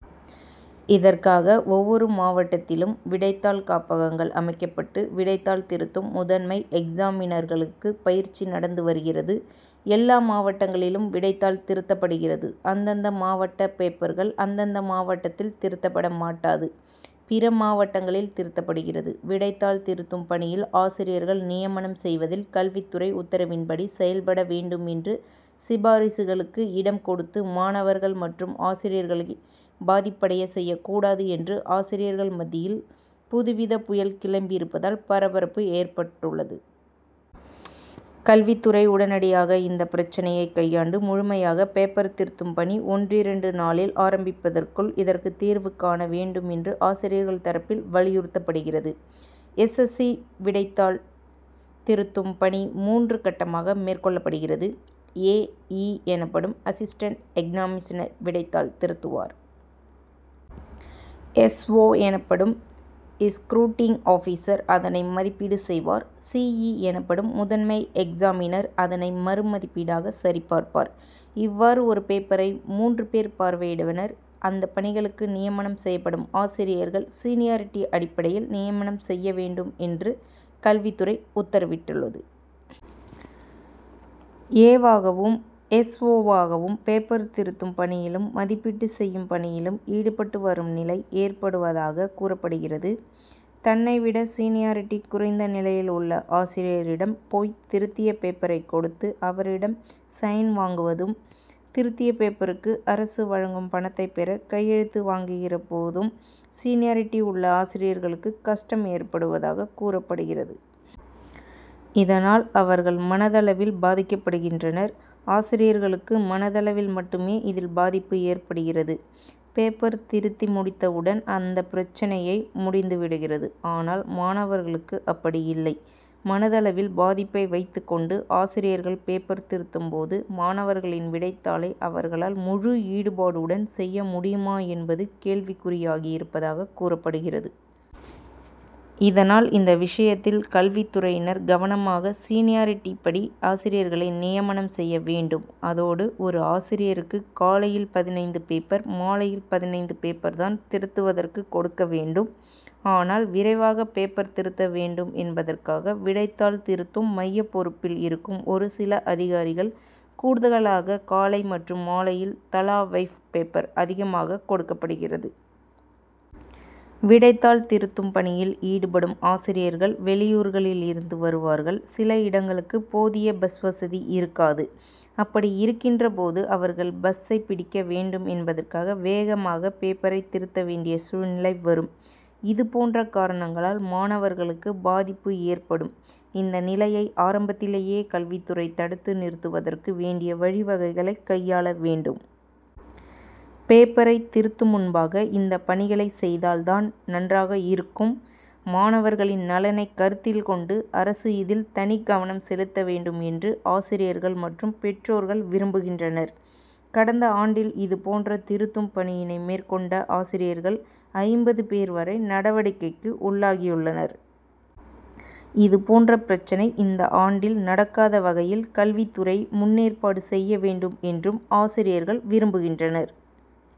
இதற்காக ஒவ்வொரு மாவட்டத்திலும் விடைத்தாள் காப்பகங்கள் அமைக்கப்பட்டு விடைத்தாள் திருத்தும் முதன்மை எக்சாமினர்களுக்கு பயிற்சி நடந்து வருகிறது. எல்லா மாவட்டங்களிலும் விடைத்தாள் திருத்தப்படுகிறது. அந்தந்த மாவட்ட பேப்பர்கள் அந்தந்த மாவட்டத்தில் திருத்தப்படமாட்டாது. பிற மாவட்டங்களில் திருத்தப்படுகிறது. விடைத்தாள் திருத்தும் பணியில் ஆசிரியர்கள் நியமனம் செய்வதில் கல்வித்துறை உத்தரவுப்படி செயல்பட வேண்டும் என்றும் சிபாரிசுகளுக்கு இடம் கொடுத்து மாணவர்கள் மற்றும் ஆசிரியர்களை பாதிப்படைய செய்யக் கூடாது என்று ஆசிரியர்கள் மத்தியில் புதுவித புயல் கிளம்பியிருப்பதால் பரபரப்பு ஏற்பட்டுள்ளது. கல்வித்துறை உடனடியாக இந்த பிரச்னையை கையாண்டு முழுமையாக பேப்பர் திருத்தும் பணி ஒன்றிரண்டு நாளில் ஆரம்பிப்பதற்குள் இதற்கு தீர்வு காண வேண்டும் என்று ஆசிரிர்கள் தரப்பில் வலியுறுத்தப்படுகிறது. எஸ். எல். சி விடைத்தாள் திருத்தும் பணி மூன்று கட்டமாக மேற்கொள்ளப்படுகிறது. ஏ. இ எனப்படும் அசிஸ்டென்ட் எக்சாமினர் விடைத்தாளை திருத்துவார். எஸ். ஓ எனப்படும் ஸ்குரூட்னிங் ஆபிசர் அதனை மதிப்பீடு செய்வார். சி. இ எனப்படும் முதன்மை எக்சாமினர் அதனை மறு மதிப்பீடாக சரிபார்ப்பார். இவ்வாறு ஒரு பேப்பரை மூன்று பேர் பார்வையிடுவர். இந்த பணிகளுக்கு நியமனம் செய்யப்படும் ஆசிரியர்கள் சீனியார்டி அடிப்படையில் நியமனம் செய்ய வேண்டும் என்று கல்வித்துறை உத்தரவிட்டுள்ளது. ஏ வாகவும் எஸ். ஓ வாகவும் பேப்பர் திருத்தும் பணியிலும், மதிப்பீடு செய்யும் பணியிலும் ஈடுபட்டு வரும் நிலை ஏற்படுவதாக கூறப்படுகிறது. தன்னை விட சீனியார்டி குறைந்த நிலையில் உள்ள ஆசிரியரிடம் போய் திருத்திய பேப்பரை கொடுத்து அவரிடம் சைன் வாங்குவதும், திருத்திய பேப்பருக்கு அரசு வழங்கும் பணத்தை பெற கையெழுத்து வாங்குகிற போதும் சீனியார்டி உள்ள ஆசிரியர்களுக்கு கஷ்டம் ஏற்படுவதாக கூறப்படுகிறது. இதனால் அவர்கள் மனதளவில் பாதிக்கப்படுகின்றனர். ஆசிரியர்களுக்கு மனதளவில் மட்டுமே இதில் பாதிப்பு ஏற்படுகிறது. பேப்பர் திருத்தி முடித்தவுடன் அந்த பிரச்னை முடிந்துவிடுகிறது. ஆனால் மாணவர்களுக்கு அப்படி இல்லை. மனதளவில் பாதிப்பை வைத்துக் கொண்டு ஆசிரியர்கள் பேப்பர் திருத்தும் போது மாணவர்களின் விடைத்தாளை அவர்களால் முழு ஈடுபாட்டுடன் செய்ய முடியுமா என்பது கேள்விக்குறியாகி இருப்பதாக கூறப்படுகிறது. இதனால் இந்த விஷயத்தில் கல்வித்துறையினர் கவனமாக சீனியார்டி படி ஆசிரியர்களை நியமனம் செய்ய வேண்டும். அதோடு ஒரு ஆசிரியருக்கு காலையில் பதினைந்து பேப்பர், மாலையில் பதினைந்து பேப்பர் தான் திருத்துவதற்கு கொடுக்க வேண்டும். ஆனால்விரைவாக பேப்பர் திருத்த வேண்டும் என்பதற்காக விடைத்தாள் திருத்தும் மைய பொறுப்பில் இருக்கும் ஒரு சில அதிகாரிகள் கூடுதலாக காலை மற்றும் மாலையில் தலா ஃபைவ் பேப்பர் அதிகமாக கொடுப்படுகிறது. விடைத்தாள் திருத்தும் பணியில் ஈடுபடும் ஆசிரியர்கள் வெளியூர்களில் இருந்து வருவார்கள். சில இடங்களுக்கு போதிய பஸ்வசதி இருக்காது. அப்படி இருக்கின்ற போது அவர்கள் பஸ்சை பிடிக்க வேண்டும் என்பதற்காக வேகமாக பேப்பரை திருத்த வேண்டிய சூழ்நிலை வரும். இதுபோன்ற காரணங்களால் மாணவர்களுக்கு பாதிப்பு ஏற்படும். இந்த நிலையை ஆரம்பத்திலே கல்வித்துறை தடுத்து நிறுத்துவதற்கு வேண்டிய வழி வகைகளை கையாள வேண்டும். பேப்பரை திருத்தும் முன்பாக இந்த பணிகளை செய்தால் தான் நன்றாக இருக்கும். மாணவர்களின் நலனை கருத்தில் கொண்டு அரசு இதில் தனிக்கவனம் செலுத்த வேண்டும் என்று ஆசிரியர்கள் மற்றும் பெற்றோர்கள் விரும்புகின்றனர். கடந்த ஆண்டில் இதுபோன்ற திருத்தும் பணியினை மேற்கொண்ட ஆசிரியர்கள் ஐம்பது பேர் வரை நடவடிக்கைகக்கு உள்ளாகியுள்ளனர். இதுபோன்ற பிரச்னை இந்த ஆண்டில் நடக்காத வகையில் கல்வித்துறை முன்னேற்பாடு செய்ய வேண்டும் என்றும் ஆசிரியர்கள் விரும்புகின்றனர்.